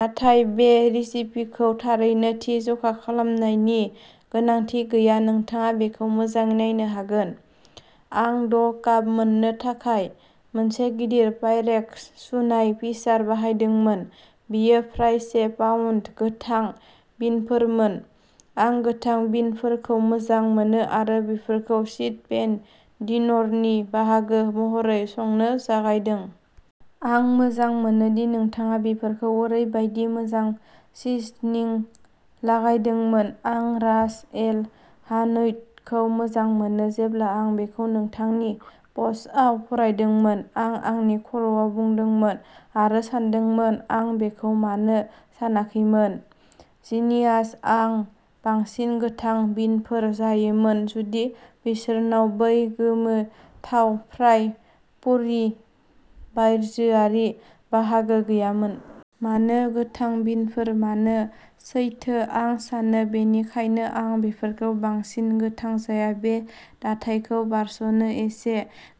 नाथाय बे रेसिपिखौ थारैनो थि जखा खालामनायनि गोनांथि गैया नोंथाङा बेखौ मोजाङै नायनो हागोन। आं द' काप मोननो थाखाय मोनसे गिदिर पाइरेक्स सुनाय पिचार बाहायदोंमोन, बेयो फ्राय से पाउन्द गोथां बिनफोरमोन। आं गोथां बिनफोरखौ मोजां मोनो आरो बेफोरखौ शीट पेन डिनरनि बाहागो महरै संनो जागायदों। आं मोजां मोनो दि नोंथाङा बेफोरखौ ओरैबायदि मोजां सिजनिं लागायदोंमोन। आं रास एल हानौतखौ मोजां मोनो। जेब्ला आं बेखौ नोंथांनि पस्टआव फरायदोंमोन, आं आंनि खर'आव बुदोंमोन आरो सानदोंमोन, आं बेखौ मानो सानाखैमोन? जिनियास आं बांसिन गोथां बिनफोर जायोमोन जुदि बिसोरनाव बै गोमोथाव, फ्राय फुर्रि बायजोआरि बाहागो गैयामोन। मानो, गोथां बिनफोर, मानो? सैथो। आं सानो बेनिखायनो आं बेफोरखौ बांसिन गोथां जाया बे दाथायखौ बारस'नो एसे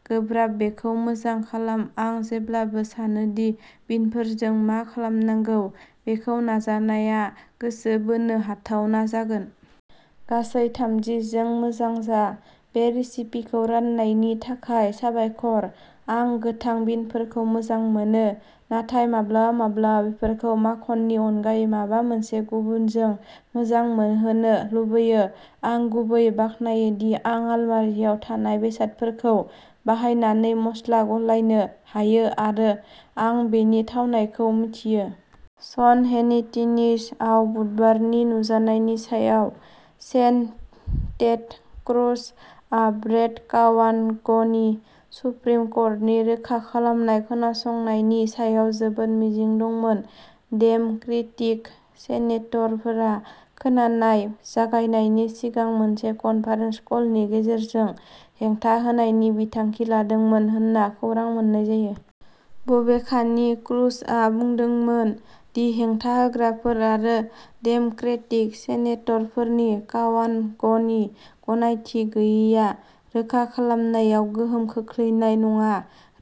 गोब्राब बेखौ मोजां खालाम, आं जेब्लाबो सानो दि बिनफोरजों मा खालामनांगौ, बेखौ नाजानाया गोसो बोनो हाथावना जागोन। गासै थामजि जों मोजां जा। बे रेसिपिखौ राननायनि थाखाय साबायखर। आं गोथां बिनफोरखौ मोजां मोनो, नाथाय माब्लाबा-माब्लाबा बेफोरखौ माखननि अनगायै माबा मोनसे गुबुनजों मोजां मोनहोनो लुबैयो। आं गुबैयै बाख्नायो दि आं आलमारिआव थानाय बेसादफोरखौ बाहायनानै मस्ला गलायनो हायो आरो आं बेनि थावनायखौ मिथियो। शन हेनिटिनि श'आव बुधबारनि नुजानायनि समाव, सेन टेड क्रुज आ ब्रेट कावान'गनि सुप्रिम कर्टनि रोखा खालामनाय खोनासंनायनि सायाव जोबोद मिजिं दंमोन। डेम'क्रेटिक सेनेटरफोरा खोनानाय जागायनायनि सिगां मोनसे कनफारेन्स कलनि गेजेरजों हेंथा होनायनि बिथांखि लादोंमोन होन्ना खौरां मोन्नाय जायो। बबेखानि, क्रुजआ बुंदोंमोन दि हेंथा होग्राफोर आरो डेम'क्रेटिक सेनेटरफोरनि कावान'गनि गनायथि गैयैआ रोखा खालामनायाव गोहोम खोख्लैनाय नङा।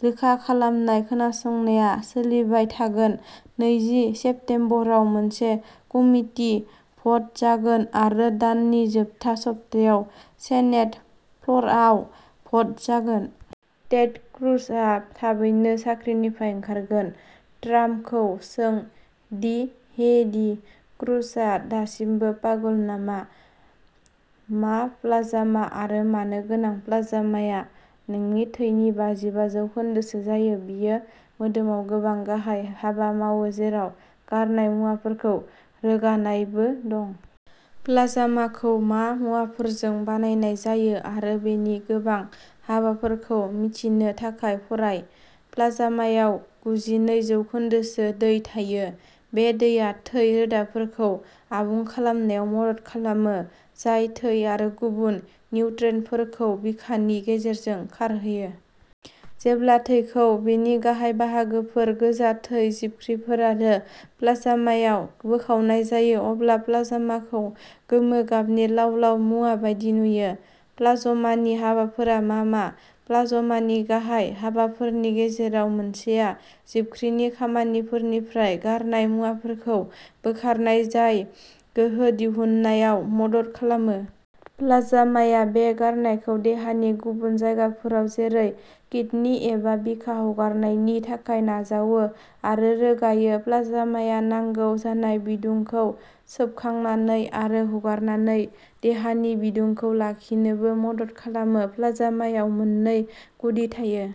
रोखा खालामनाय खोनासंनाया सोलिबाय थागोन, नैजि सेप्तेम्बराव मोनसे कमिटि भ'ट जागोन आरो दाननि जोबथा सप्तायाव सेनेट फ्ल'रआव भ'ट जागोन। टेड क्रुजआ थाबैनो साख्रिनिफ्राय ओंखारगोन। ट्राम्पखौ सों दि हेइडी क्रुजआ दासिमबो पागल नामा, मा प्लाज्मा आरो मानो गोनां? प्लाज्माया नोंनि थैनि बाजिबा जौखोन्दोसो जायो। बेयो मोदोमाव गोबां गाहाय हाबा मावो, जेराव गारनाय मुवाफोरखौ रोगानायबो दं। प्लाज्माखौ मा मुवाफोरजों बानायनाय जायो आरो बेनि गोबां हाबाफोरखौ मिथिनो थाखाय फराय। प्लाज्मायाव गुजिनै जौखोन्दोसो दै थायो। बे दैया थै रोदाफोरखौ आबुं खालामनायाव मदद खालामो, जाय थै आरो गुबुन निउट्रियेन्टफोरखौ बिखानि गेजेरजों खारहोयो। जेब्ला थैखौ बेनि गाहाय बाहागोफोर, गोजा थै जिबख्रिफोर आरो प्लाज्मायाव बोखावनाय जायो, अब्ला प्लाज्माखौ गोमो गाबनि लाव-लाव मुवा बायदि नुयो। प्लाजमानि हाबाफोरा मा मा? प्लाजमानि गाहाय हाबाफोरनि गेजेराव मोनसेआ जिबख्रिनि खामानिफोरनिफ्राय गारनाय मुवाफोरखौ बोखारनाय, जाय गोहो दिहुन्नायाव मदद खालामो। प्लाज्माया बे गारनायखौ देहानि गुबुन जायगाफोराव, जेरै किडनि एबा बिखा, हगारनायनि थाखाय नाजावो आरो रोगायो। प्लाज्माया नांगौ जानाय बिदुंखौ सोबखांनानै आरो हगारनानै देहानि बिदुंखौ लाखिनोबो मदद खालामो। प्लाज्मायाव मोननै गुदि थायो।